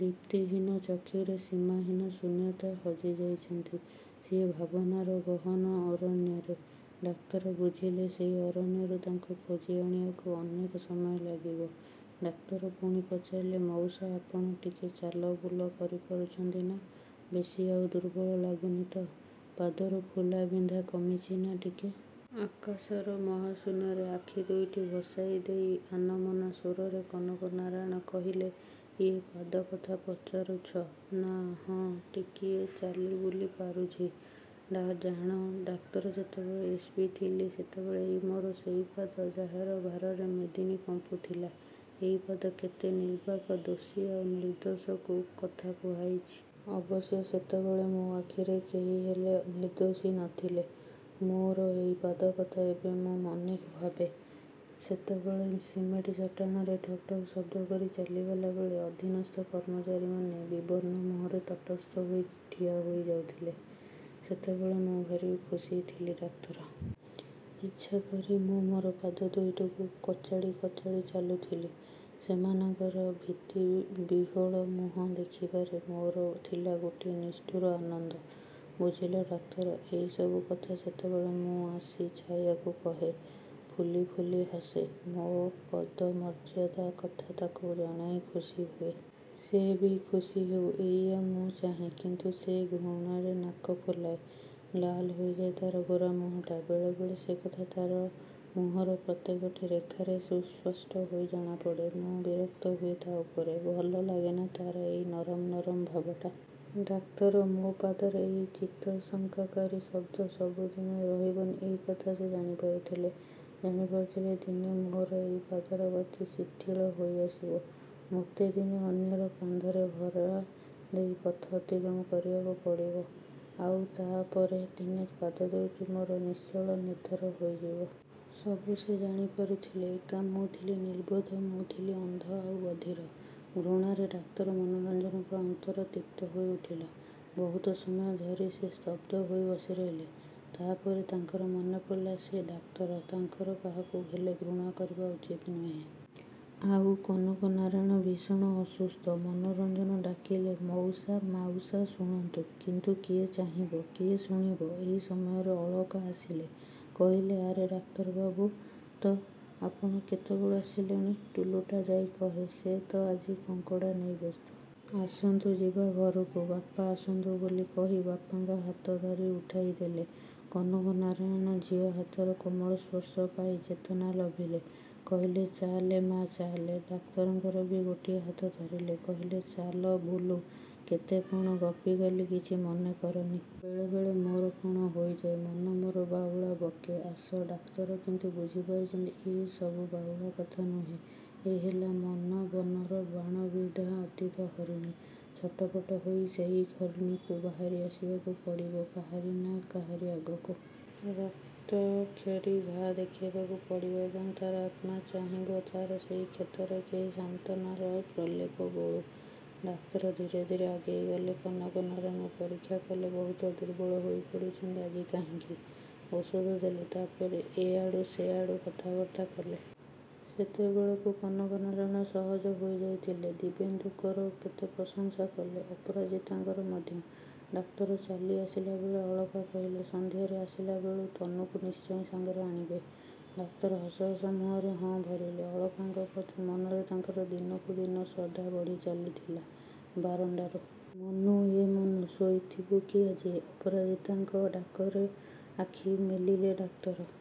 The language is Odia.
ଦିପ୍ତିହୀନ ଚକ୍ଷୁରେ ସୀମାହୀନ ଶୂନ୍ୟତା। ହଜିଯାଇଛନ୍ତି। ସିଏ ଭାବନାର ଗହନ ଅରଣ୍ୟରେ। ଡାକ୍ତର ବୁଝିଲେ ସେଇ ଅରଣ୍ୟରୁ ତାଙ୍କୁ ଖୋଜିଆଣିବାକୁ ଅନେକ ସମୟ ଲାଗିବ। ଡାକ୍ତର ପୁଣି ପଚାରିଲେ ମଉସା, ଆପଣ ଟିକେ ଚାଲବୁଲ କରିପାରୁଛନ୍ତି ନା? ବେଶି ଆଉ ଦୁର୍ବଳ ଲାଗୁନି ତ? ପାଦରୁ ଫୁଲାବିନ୍ଧା କମିଛି ନା ଟିକେ? ଆକାଶର ମହାଶୂନ୍ୟରେ ଆଖିଦୁଇଟି ଭସାଇଦେଇ ଆନମନା ସ୍ୱରରେ କନକନାରାୟଣ କହିଲେ ଏଁ, ପାଦକଥା ପଚାରୁଛ? ନାଁ, ହଁ, ଟିକିଏ ଚାଲିବୁଲି ପାରୁଛି। ଜାଣ ଡାକ୍ତର, ଯେତେବେଳେ ଏସ. ପି. ଥିଲି ସେତେବେଳେ ଏଇ ମୋର ସେଇ ପାଦ, ଯାହାର ଭାରରେ ମେଦିନୀ କମ୍ପୁଥିଲା। ଏଇ ପାଦ କେତେ ନିର୍ବାକ ଦୋଷୀ ଆଉ ନିର୍ଦ୍ଦୋଷକୁ କଥା କୁହାଇଛି। ଅବଶ୍ୟ ସେତେବେଳେ ମୋ ଆଖିରେ କେହିହେଲେ ନିର୍ଦ୍ଦୋଷୀ ନ ଥିଲେ। ମୋର ଏଇ ପାଦକଥା ଏବେ ମୁଁ ଅନେକ ଭାବେ। ସେତେବେଳେ ସିମେଣ୍ଟ ଚଟାଣରେ ଠକ୍ ଠକ୍ ଶବ୍ଦ କରି ଚାଲିଗଲାବେଳେ ଅଧିନସ୍ଥ କର୍ମଚାରୀମାନେ ବିବର୍ଣ୍ଣ ମୁହଁରେ ତଟସ୍ଥ ହୋଇ ଠିଆ ହୋଇଯାଉଥିଲେ। ସେତେବେଳେ ମୁଁ ଭାରି ଖୁସିଥିଲି ଡାକ୍ତର। ଇଚ୍ଛାକରି ମୁଁ ମୋର ପାଦଦୁଇଟିକୁ କଚାଡ଼ି କଚାଡ଼ି ଚାଲୁଥିଲି। ସେମାନଙ୍କର ଭୀତିବିହ୍ୱଳ ମୁହଁ ଦେଖିବାରେ ମୋର ଥିଲା ଗୋଟାଏ ନିଷ୍ଠୁର ଆନନ୍ଦ। ବୁଝିଲ ଡାକ୍ତର, ଏଇସବୁ କଥା ସେତେବେଳେ ମୁଁ ଆସି ଛାୟାକୁ କହେ। ଫୁଲି ଫୁଲି ହସେ। ମୋ ପଦମର୍ଯ୍ୟାଦା କଥା ତାକୁ ଜଣାଇ ଖୁସିହୁଏ। ସେ ବି ଖୁସିହେଉ। ଏଇଆ ମୁଁ ଚାହେଁ। କିନ୍ତୁ ସେ ଘୃଣାରେ ନାକ ଫୁଲାଏ। ଲାଲ ହୋଇଯାଏ ତା'ର ଗୋରା ମୁହଁଟା। ବେଳେବେଳେ ସେକଥା ତା'ର ମୁହଁର ପ୍ରତ୍ୟେକଟି ରେଖାରେ ସୁସ୍ପଷ୍ଟ ହୋଇ ଜଣାପଡ଼େ। ମୁଁ ବିରକ୍ତ ହୁଏ ତା' ଉପରେ। ଭଲଲାଗେନି ତା'ର ଏଇ ନରମ ନରମ ଭାବଟା। ଡାକ୍ତର, ମୋ ପାଦର ଏଇ ଚିତ୍ତଶଙ୍କାକାରୀ ଶବ୍ଦ ସବୁଦିନେ ରହିବନି ଏ କଥା ସେ ଜାଣିପାରୁଥିଲେ। ଜାଣିପାରୁଥିଲେ ଦିନେ ମୋର ଏଇ ପାଦର ଗତି ଶିଥିଳ ହୋଇଆସିବ। ମୋତେ ଦିନେ ଅନ୍ୟର କାନ୍ଧରେ ଭରା ଦେଇ ପଥ ଅତିକ୍ରମ କରିବାକୁ ପଡ଼ିବ। ଆଉ ତା'ପରେ ଦିନେ ପାଦଦୁଇଟି ମୋର ନିଶ୍ଚଳ, ନିଥର ହୋଇଯିବ। ସବୁ ସେ ଜାଣିପାରୁଥିଲେ। ଏକା ମୁଁ ଥିଲି ନିର୍ବୋଧ, ମୁଁ ଥିଲି ଅନ୍ଧ, ଆଉ ବଧିର। ଘୃଣାରେ ଡାକ୍ତର ମନୋରଞ୍ଜନଙ୍କର ଅନ୍ତର ତିକ୍ତ ହୋଇଉଠିଲା। ବହୁତ ସମୟ ଧରି ସେ ସ୍ତବ୍ଧ ହୋଇ ବସିରହିଲେ। ତା'ପରେ ତାଙ୍କର ମନେପଡ଼ିଲା ସେ ଡାକ୍ତର, ତାଙ୍କର କାହାକୁ ହେଲେ ଘୃଣା କରିବା ଉଚିତ ନୁହେଁ। ଆଉ କନକନାରାୟଣ ଭୀଷଣ ଅସୁସ୍ଥ। ମନୋରଞ୍ଜନ ଡାକିଲେ ମଉସା, ମାଉସା ଶୁଣନ୍ତୁ। କିନ୍ତୁ କିଏ ଚାହିଁବ, କିଏ ଶୁଣିବ! ଏହି ସମୟରେ ଅଳକା ଆସିଲେ। କହିଲେ, ଆରେ ଡାକ୍ତରବାବୁ ତ! ଆପଣ କେତେବେଳୁ ଆସିଲେଣି? ଟୁଲୁଟା ଯାଇ କହେ, ସେ ତ ଆଜି କଙ୍କଡ଼ା ନେଇ ବ୍ୟସ୍ତ। ଆସନ୍ତୁ ଯିବା ଘରକୁ। ବାପା ଆସନ୍ତୁ ବୋଲି କହି ବାପାଙ୍କ ହାତ ଧରି ଉଠାଇଦେଲେ। କନକନାରାୟଣ ଝିଅ ହାତର କୋମଳ ସ୍ପର୍ଶ ପାଇ ଚେତନା ଲଭିଲେ। କହିଲେ ଚାଲେ ମା', ଚାଲେ। ଡାକ୍ତରଙ୍କର ବି ଗୋଟିଏ ହାତ ଧରିଲେ। କହିଲେ, ଚାଲ ବୁଲୁ। କେତେ କ'ଣ ଗପିଗଲି କିଛି ମନେକରନି। ବେଳେବେଳେ ମୋର କ'ଣ ହୋଇଯାଏ। ମନ ମୋର ବାଉଳା ବକେ। ଆସ। ଡାକ୍ତର କିନ୍ତୁ ବୁଝିପାରିଛନ୍ତି ଏ ସବୁ ବାଉଳା କଥା ନୁହେଁ। ଏ ହେଲା ମନ ବନର ବାଣବିଦ୍ଧା ଅତୀତ ହରିଣୀ। ଛଟପଟ ହୋଇ ସେଇ ହରିଣୀକୁ ବାହାରି ଆସିବାକୁ ପଡ଼ିବ କାହାରି ନା କାହାରି ଆଗକୁ। ରକ୍ତକ୍ଷରୀ ଘାଆ ଦେଖାଇବାକୁ ପଡ଼ିବ ଏବଂ ତା'ର ଆତ୍ମା ଚାହିଁବ ତା'ର ସେଇ କ୍ଷତରେ କେହି ସାନ୍ତ୍ୱନାର ପ୍ରଲେପ ବୋଳୁ। ଡାକ୍ତର ଧୀରେ ଧୀରେ ଆଗେଇଗଲେ। କନକନାରାୟଣଙ୍କୁ ପରୀକ୍ଷା କଲେ। ବହୁତ ଦୁର୍ବଳ ହୋଇପଡ଼ିଛନ୍ତି ଆଜି କାହିଁକି? ଔଷଧ ଦେଲେ। ତାପରେ ଏଆଡ଼ୁ ସେଆଡ଼ୁ କଥାବାର୍ତ୍ତା କଲେ। ସେତେବେଳକୁ କନକନାରାୟଣ ସହଜ ହୋଇଯାଇଥିଲେ। ଦିବ୍ୟେନ୍ଦୁଙ୍କର କେତେ ପ୍ରଶଂସା କଲେ। ଅପରାଜିତାଙ୍କର ମଧ୍ୟ। ଡାକ୍ତର ଚାଲି ଆସିଲାବେଳେ ଅଳକା କହିଲେ ସନ୍ଧ୍ୟାରେ ଆସିଲାବେଳେ ତନୁକୁ ନିଶ୍ଚୟ ସାଙ୍ଗରେ ଆଣିବେ। ଡାକ୍ତର ହସ ହସ ମୁହଁରେ ହଁ ଭରିଲେ। ଅଳକାଙ୍କ ପ୍ରତି ମନରେ ତାଙ୍କର ଦିନକୁଦିନ ଶ୍ରଦ୍ଧା ବଢ଼ି ଚାଲିଥିଲା। ବାରଣ୍ଡାରୁ ମନୁ, ଏ ମନୁ, ଶୋଇଥିବୁ କି ଆଜି? ଅପରାଜିତାଙ୍କ ଡାକରେ ଆଖି ମେଲିଲେ ଡାକ୍ତର।